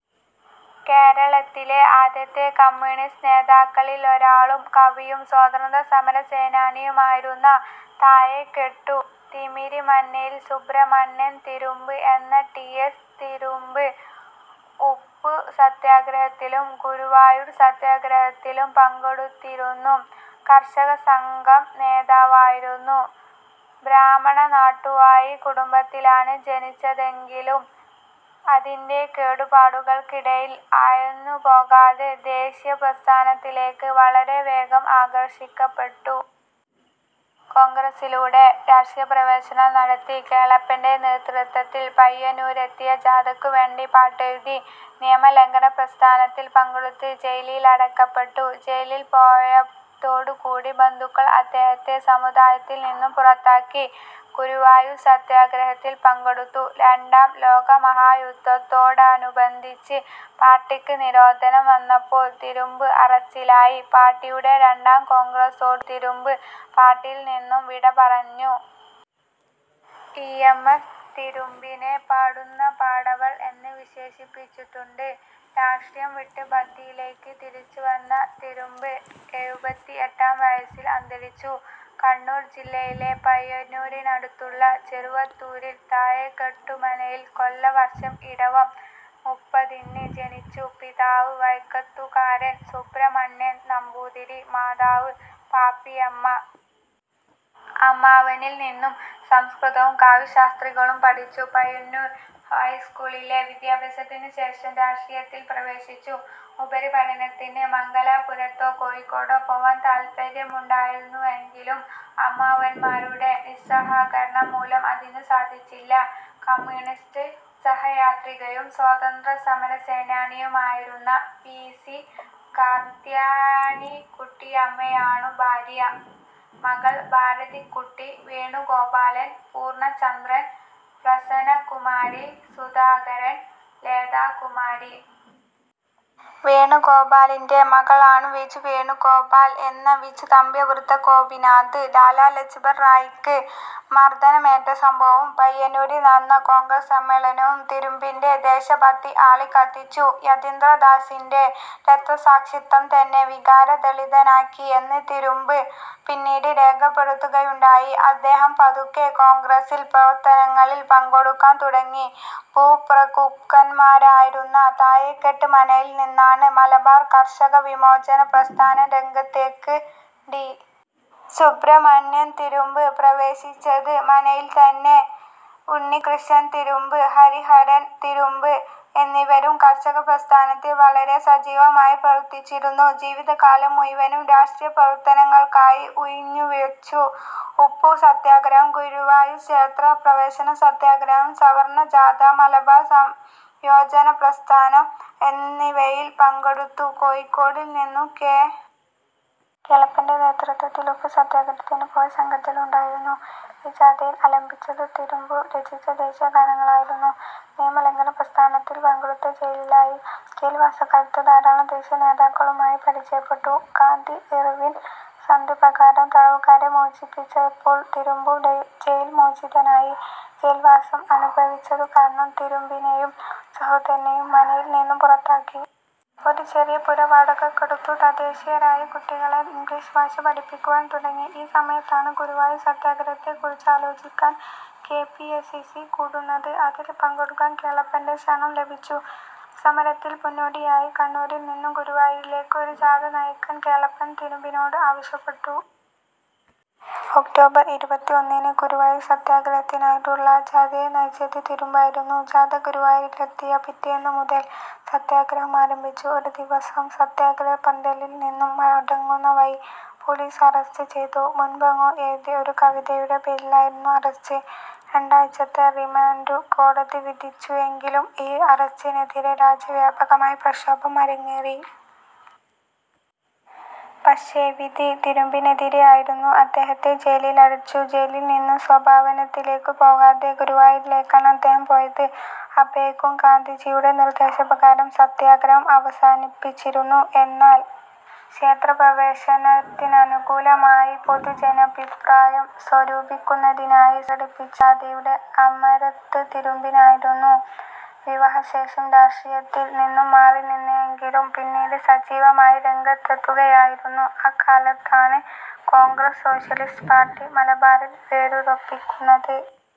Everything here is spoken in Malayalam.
കേരളത്തിലെ ആദ്യകാല കമ്മ്യൂണിസ്റ്റു നേതാക്കളിലൊരാളും കവിയും സ്വാതന്ത്രസമരസേനാനിയുമായിരുന്നു താഴേക്കാട്ടു തിമിരിമനയിൽ സുബ്രഹ്മണ്യൻ തിരുമുമ്പ് എന്ന ടി. എസ്. തിരുമുമ്പ്. ഉപ്പു സത്യാഗ്രഹത്തിലും ഗുരുവായൂർ സത്യാഗ്രഹത്തിലും പങ്കെടുത്തിരുന്നു. കർഷക സംഘം നേതാവായിരുന്നു. ബ്രാഹ്മണനാടുവാഴി കുടുംബത്തിലാണ് ജനിച്ചതെങ്കിലും അതിന്റെ കെട്ടുപാടുകൾക്കിടയിൽ ആഴ്ന്നു പോകാതെ ദേശീയപ്രസ്ഥാനത്തിലേക്ക് വളരെ വേഗം ആകർഷിക്കപ്പെട്ടു. കോൺഗ്രസ്സിലൂടെ രാഷ്ട്രീയപ്രവേശനം നടത്തി. കേളപ്പന്റെ നേതൃത്വത്തിൽ പയ്യന്നൂരെത്തിയ ജാഥക്കു വേണ്ടി പാട്ടെഴുതി. നിയമലംഘനപ്രസ്ഥാനത്തിൽ പങ്കെടുത്ത് ജയിലിലടക്കപ്പെട്ടു. ജയിലിൽ പോയതോടുകൂടി ബന്ധുക്കൾ അദ്ദേഹത്തെ സമുദായത്തിൽ നിന്നും പുറത്താക്കി. ഗുരുവായൂർ സത്യാഗ്രഹത്തിൽ പങ്കെടുത്തു. രണ്ടാം ലോകമഹായുദ്ധത്തോടനുബന്ധിച്ച് പാർട്ടിക്ക് നിരോധനം വന്നപ്പോൾ തിരുമുമ്പ് അറസ്റ്റിലായി. പാർട്ടിയുടെ രണ്ടാം കോൺഗ്രസ്സോടുകൂടി തിരുമുമ്പ് പാർട്ടിയിൽ നിന്നും വിടപറഞ്ഞു. ഇ. എം. എസ്സ് തിരുമുമ്പിനെ പാടുന്ന പടവാൾ എന്നു വിശേഷിപ്പിച്ചിട്ടുണ്ട്. രാഷ്ട്രീയം വിട്ട് ഭക്തിയിലേക്ക് തിരിച്ചുവന്ന തിരുമുമ്പ് എഴുപത്തിഎട്ടാം വയസ്സിൽ അന്തരിച്ചു. കണ്ണൂർ ജില്ലയിലെ പയ്യന്നൂരിനടുത്തുള്ള ചെറുവത്തൂരിൽ, താഴേക്കാട്ടു മനയിൽ കൊല്ല വർഷം ഇടവം മുപ്പതിന് ജനിച്ചു. പിതാവ് വൈക്കത്തുകാരൻ സുബ്രഹ്മണ്യൻ നമ്പൂതിരി, മാതാവ് പാപ്പിയമ്മ. അമ്മാവനിൽ നിന്ന് സംസ്കൃതവും കാവ്യശാസ്ത്രാദികളും പഠിച്ചു. പയ്യന്നൂർ ഹൈസ്കൂളിലെ വിദ്യാഭ്യാസത്തിനു ശേഷം രാഷ്ട്രീയത്തിൽ പ്രവേശിച്ചു. ഉപരിപഠനത്തിന് മംഗലാപുരത്തോ, കോഴിക്കോടോ പോവാൻ താൽപര്യമുണ്ടായിരുന്നുവെങ്കിലും അമ്മാവന്മാരുടെ നിസ്സഹകരണം മൂലം അതിനു സാധിച്ചില്ല. കമ്മ്യൂണിസ്റ്റ് സഹയാത്രികയും സ്വാതന്ത്ര്യസമരസേനാനിയുമായിരുന്ന പി. സി കാർത്യായനിക്കുട്ടിയമ്മയാണു ഭാര്യ. മക്കൾ ഭാരതിക്കുട്ടി, വേണുഗോപാലൻ, പൂർണ്ണചന്ദ്രൻ, പ്രസന്നകുമാരി, സുധാകരൻ, ലതാകുമാരി. വേണുഗോപാലിന്റെ മക്കളാണു. വിജുവേണുഗോപാൽ എന്ന വിജുനമ്പ്യാർവൃന്ദാഗോപിനാഥ് ലാലാലജ്പത് റായിക്ക് മർദ്ദനമേറ്റ സംഭവവും, പയ്യന്നൂരിൽ നടന്ന കോൺഗ്രസ്സ് സമ്മേളനവും തിരുമുമ്പിന്റെ ദേശഭക്തി ആളിക്കത്തിച്ചു. യതീന്ദ്രദാസിന്റെ രക്തസാക്ഷിത്വം തന്നെ വികാരതരളിതനാക്കി എന്ന് തിരുമുമ്പ് പിന്നീട് രേഖപ്പെടുത്തുകയുണ്ടായി. അദ്ദേഹം പതുക്കെ, കോൺഗ്രസ്സിന്റെ പ്രവർത്തനങ്ങളിൽ പങ്കെടുക്കാൻ തുടങ്ങി. ഭൂപ്രഭുക്കന്മാരായിരുന്ന താഴെക്കാട്ട് മനയിൽ നിന്നാണ് മലബാർ കർഷക വിമോചന പ്രസ്ഥാന രംഗത്തേക്ക് ടി. സുബ്രഹ്മണ്യൻ തിരുമുമ്പ് പ്രവേശിച്ചത്. മനയിലെ തന്നെ ഉണ്ണികൃഷ്ണൻ തിരുമുമ്പ്, ഹരിഹരൻ തിരുമുമ്പ് എന്നിവരും കർഷക പ്രസ്ഥാനത്തിൽ വളരെ സജീവമായി പ്രവർത്തിച്ചിരുന്നു. ജീവിതകാലം മുഴുവനും രാഷ്ട്രീയപ്രവർത്തനങ്ങൾക്കായി ഉഴിഞ്ഞുവച്ചു. ഉപ്പു സത്യാഗ്രഹം, ഗുരുവായൂർ ക്ഷേത്രപ്രവേശന സത്യഗ്രഹം, സവർണജാഥ, മലബാർ സംയോജന പ്രക്ഷോഭം എന്നിവയിൽ പങ്കെടുത്തു. കോഴിക്കോട് നിന്ന് കെ. കേളപ്പന്റെ നേതൃത്വത്തിൽ ഉപ്പുസത്യാഗ്രഹത്തിന് പോയ സംഘത്തിൽ ഉണ്ടായിരുന്നു. ഈ ജാഥയിൽ ആലപിച്ചതു തിരുമുമ്പ് രചിച്ച ദേശീയ ഗാനങ്ങളായിരുന്നു. നിയമലംഘന പ്രസ്ഥാനത്തിൽ പങ്കെടുത്ത് ജയിലിലായി. ജയിൽവാസകാലത്ത് ധാരാളം ദേശീയ നേതാക്കളുമായി പരിചയപ്പെട്ടു. ഗാന്ധി-ഇർവിൻ സന്ധി പ്രകാരം തടവുകാരെ മോചിപ്പിച്ചപ്പോൾ തിരുമുമ്പും ജയിൽ മോചിതനായി. ജയിൽവാസം അനുഭവിച്ചതുകാരണം തിരുമുമ്പിനേയും സഹോദരനേയും മനയിൽ നിന്നും പുറത്താക്കി. ഒരു ചെറിയ പുര വാടകക്കെടുത്ത് തദ്ദേശീയരായ കുട്ടികളെ ഇംഗ്ലീഷ് ഭാഷ പഠിപ്പിക്കുവാൻ തുടങ്ങി. ഈ സമയത്താണ് ഗുരുവായൂർ സത്യാഗ്രഹത്തെക്കുറിച്ചാലോചിക്കാൻ കെ. പി. സി. സി കൂടുന്നത്, അതിൽ പങ്കെടുക്കാൻ കേളപ്പന്റെ ക്ഷണം ലഭിച്ചു. സമരത്തിന്റെ മുന്നോടിയായി കണ്ണൂരിൽ നിന്നും ഗുരുവായൂരിലേക്ക് ഒരു ജാഥ നയിക്കാൻ കേളപ്പൻ തിരുമുമ്പിനോട് ആവശ്യപ്പെട്ടു. ഒക്ടോബർ ഇരുപത്തിഒന്നിന് ഗുരുവായൂർ സത്യാഗ്രഹത്തിനായിട്ടുള്ള ജാഥയെ നയിച്ചത് തിരുമുമ്പായിരുന്നു. ജാഥ ഗുരുവായൂരിലെത്തിയ പിറ്റേന്നു മുതൽ സത്യാഗ്രഹം ആരംഭിച്ചു. ഒരു ദിവസം സത്യാഗ്രഹപന്തലിൽ നിന്നും മടങ്ങുന്ന വഴി പോലീസ് അറസ്റ്റ് ചെയ്തു. മുൻപെങ്ങോ എഴുതിയ ഒരു കവിതയുടെ പേരിലായിരുന്നു അറസ്റ്റ്. രണ്ടാഴ്ചത്തെ റിമാൻഡിനു കോടതി വിധിച്ചുവെങ്കിലും, ഈ അറസ്റ്റിനെതിരേ രാജ്യവാപകമായ പ്രക്ഷോഭങ്ങൾ അരങ്ങേറി. പക്ഷേ വിധി തിരുമുമ്പിനെതിരായിരുന്നു. അദ്ദേഹത്തെ ജയിലിലടച്ചു. ജയിലിൽ നിന്നും സ്വഭവനത്തിലേക്കു പോകാതെ ഗുരുവായൂരിലേക്കാണ് അദ്ദേഹം പോയത്. അപ്പോഴേക്കും ഗാന്ധിജിയുടെ നിർദ്ദേശപ്രകാരം സത്യാഗ്രഹം അവസാനിപ്പിച്ചിരുന്നു, എന്നാൽ ക്ഷേത്രപ്രവേശനത്തിനനകൂലമായി പൊതുജനാഭിപ്രായം സ്വരൂപിക്കുന്നതിനായി സംഘടിപ്പിച്ച കാൽനട ജാഥയുടെ അമരത്ത് തിരുമുമ്പായിരുന്നു. വിവാഹശേഷം രാഷ്ട്രീയത്തിൽ നിന്നും മാറിനിന്നെങ്കിലും, പിന്നീട് സജീവമായി രംഗത്തെത്തുകയായിരുന്നു. അക്കാലത്താണ് കോൺഗ്രസ്സ് സോഷ്യലിസ്റ്റ് പാർട്ടി മലബാറിൽ വേരുറപ്പിക്കുന്നത്.